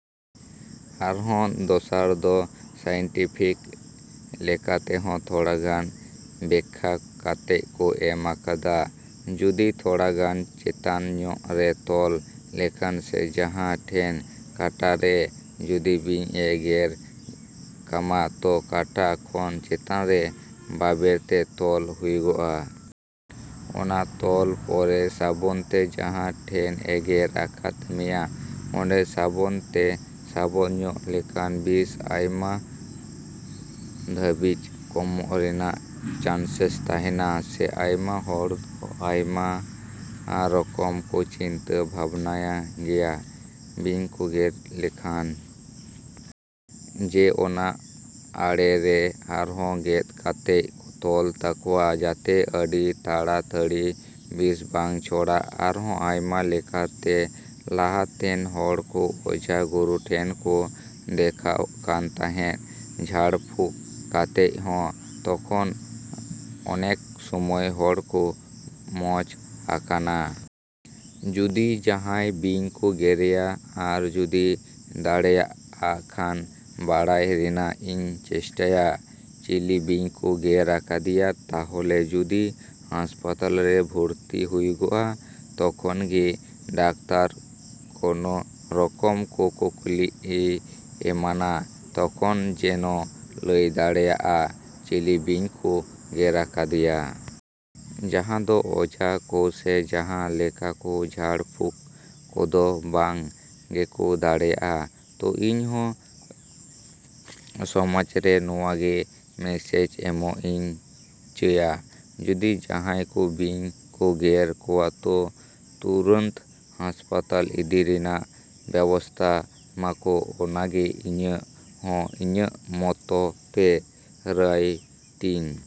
ᱟᱨᱦᱚᱸ ᱫᱚᱥᱨᱟ ᱫᱚ ᱥᱟᱭᱮᱱᱴᱤᱯᱷᱤᱠ ᱞᱮᱠᱟ ᱛᱮᱦᱚᱸ ᱛᱷᱚᱲᱟ ᱜᱟᱱ ᱵᱮᱠᱠᱷᱟ ᱠᱟᱛᱮᱫ ᱠᱚ ᱮᱢ ᱟᱠᱟᱫᱟ᱾ ᱡᱩᱫᱤ ᱛᱷᱚᱲᱟ ᱜᱟᱱ ᱪᱮᱛᱟᱱ ᱧᱚᱜ ᱨᱮ ᱛᱚᱞ ᱞᱮᱠᱷᱟᱱ ᱥᱮ ᱡᱟᱦᱟᱸ ᱴᱷᱮᱱ ᱠᱟᱴᱟ ᱨᱮ ᱡᱩᱫᱤ ᱵᱤᱧ ᱮ ᱜᱮᱨ ᱠᱟᱢᱟ ᱛᱚ ᱠᱟᱴᱟ ᱠᱷᱚᱱ ᱪᱮᱛᱟᱱ ᱨᱮ ᱵᱟᱵᱮᱨ ᱛᱮ ᱛᱚᱞ ᱦᱩᱭᱩᱜᱼᱟ᱾ ᱚᱱᱟ ᱛᱚᱞ ᱯᱚᱨᱮ ᱥᱟᱵᱚᱱ ᱛᱮ ᱡᱟᱦᱟᱸ ᱴᱷᱮᱱ ᱮ ᱜᱮᱨ ᱟᱠᱟᱫ ᱢᱮᱭᱟ ᱚᱸᱰᱮ ᱥᱟᱵᱚᱱ ᱛᱮ ᱥᱟᱵᱚᱱ ᱧᱚᱜ ᱞᱮᱠᱷᱟᱱ ᱵᱤᱥ ᱟᱭᱢᱟ ᱫᱷᱟᱵᱤᱡ ᱠᱚᱢ ᱨᱮᱱᱟᱜ ᱪᱟᱱᱥᱮᱥ ᱛᱟᱦᱮᱸᱱᱟ᱾ ᱥᱮ ᱟᱭᱢᱟ ᱦᱚᱲ ᱫᱚ ᱟᱭᱢᱟ ᱨᱚᱠᱚᱢ ᱠᱚ ᱪᱤᱱᱛᱟᱹ ᱵᱷᱟᱵᱽᱱᱟᱭ ᱜᱮᱭᱟ ᱵᱤᱧ ᱠᱚ ᱜᱮᱨ ᱞᱮᱠᱷᱟᱱ᱾ ᱡᱮ ᱚᱱᱟ ᱟᱲᱮ ᱨᱮ ᱟᱨᱦᱚᱸ ᱜᱮᱫ ᱠᱟᱛᱮᱫ ᱠᱚ ᱛᱚᱞ ᱛᱟᱠᱚᱣᱟ ᱡᱟᱛᱮ ᱟᱹᱰᱤ ᱛᱟᱲᱟᱛᱟᱹᱲᱤ ᱵᱤᱥ ᱵᱟᱝ ᱪᱷᱚᱲᱟᱜ᱾ ᱟᱨᱦᱚᱸ ᱟᱭᱢᱟ ᱞᱮᱠᱟ ᱛᱮ ᱞᱟᱦᱟ ᱛᱮᱱ ᱦᱚᱲ ᱫᱚ ᱚᱡᱷᱟ ᱜᱩᱨᱩ ᱴᱷᱮᱱ ᱠᱚ ᱫᱮᱠᱷᱟᱜ ᱠᱟᱱ ᱛᱟᱦᱮᱸ ᱡᱷᱟᱲ ᱯᱷᱩᱠ ᱠᱟᱛᱮᱫ ᱦᱚᱸ, ᱛᱚᱠᱷᱚᱱ ᱚᱱᱮᱠ ᱥᱚᱢᱚᱭ ᱦᱚᱲ ᱠᱚ ᱢᱚᱡᱽ ᱟᱠᱟᱱᱟ᱾ ᱡᱩᱫᱤ ᱡᱟᱦᱟᱸᱭ ᱵᱤᱧ ᱠᱚ ᱜᱮᱨᱮᱭᱟ ᱟᱨ ᱡᱩᱫᱤ ᱫᱟᱲᱮᱭᱟᱜ ᱠᱷᱟᱱ, ᱵᱟᱲᱟᱭ ᱨᱮᱱᱟᱜ ᱤᱧ ᱪᱮᱥᱴᱟᱭᱟ ᱪᱤᱞᱤ ᱵᱤᱧ ᱠᱚ ᱜᱮᱨ ᱟᱠᱟᱫᱮᱭᱟ ᱛᱟᱦᱚᱞᱮ ᱡᱩᱫᱤ ᱦᱟᱸᱥᱯᱟᱛᱟᱞ ᱨᱮ ᱵᱷᱚᱨᱛᱤ ᱦᱩᱭᱩᱜᱼᱟ ᱛᱚᱠᱷᱚᱱ ᱜᱮ ᱰᱟᱠᱛᱟᱨ ᱠᱚᱱᱚ ᱨᱚᱠᱚᱢ ᱠᱚ ᱠᱩᱠᱞᱤ ᱮᱢᱟᱱᱟ᱾ ᱛᱚᱠᱷᱚᱱ ᱡᱮᱱᱚ ᱞᱟᱹᱭ ᱫᱟᱲᱮᱭᱟᱜᱼᱟ, ᱪᱤᱞᱤ ᱵᱤᱧ ᱠᱚ ᱜᱮᱨ ᱟᱠᱟᱫᱮᱭᱟ᱾ ᱡᱟᱦᱟᱸ ᱫᱚ ᱚᱡᱷᱟ ᱠᱚ ᱥᱮ ᱡᱟᱦᱟᱸ ᱞᱮᱠᱟᱱ ᱠᱚ ᱡᱷᱟᱲ ᱯᱷᱩᱠ ᱠᱚᱫᱚ ᱵᱟᱝ ᱜᱮᱠᱚ ᱫᱟᱲᱮᱭᱟᱜᱼᱟ᱾ ᱛᱚ ᱤᱧ ᱦᱚᱸ ᱥᱚᱢᱟᱡᱽ ᱨᱮ ᱱᱚᱣᱟ ᱜᱮ ᱢᱮᱥᱮᱡᱽ ᱮᱢᱚᱜ ᱤᱧ ᱪᱟᱹᱭᱟ᱾ ᱡᱩᱫᱤ ᱡᱟᱦᱟᱸᱭ ᱠᱚ ᱵᱤᱧ ᱠᱚᱠᱚ ᱜᱮᱨ ᱠᱚᱣᱟ ᱛᱚ ᱛᱩᱨᱟᱹᱱᱛ ᱦᱟᱸᱥᱯᱟᱛᱟᱞ ᱤᱫᱤ ᱨᱮᱱᱟᱜ ᱵᱮᱵᱚᱥᱛᱟᱭ ᱢᱟᱠᱚ ᱚᱱᱟ ᱜᱮ ᱤᱧᱟᱹᱜ ᱦᱚᱸ ᱤᱧᱟᱹᱜ ᱢᱚᱛ ᱛᱮ ᱨᱟᱭ ᱛᱤᱧ।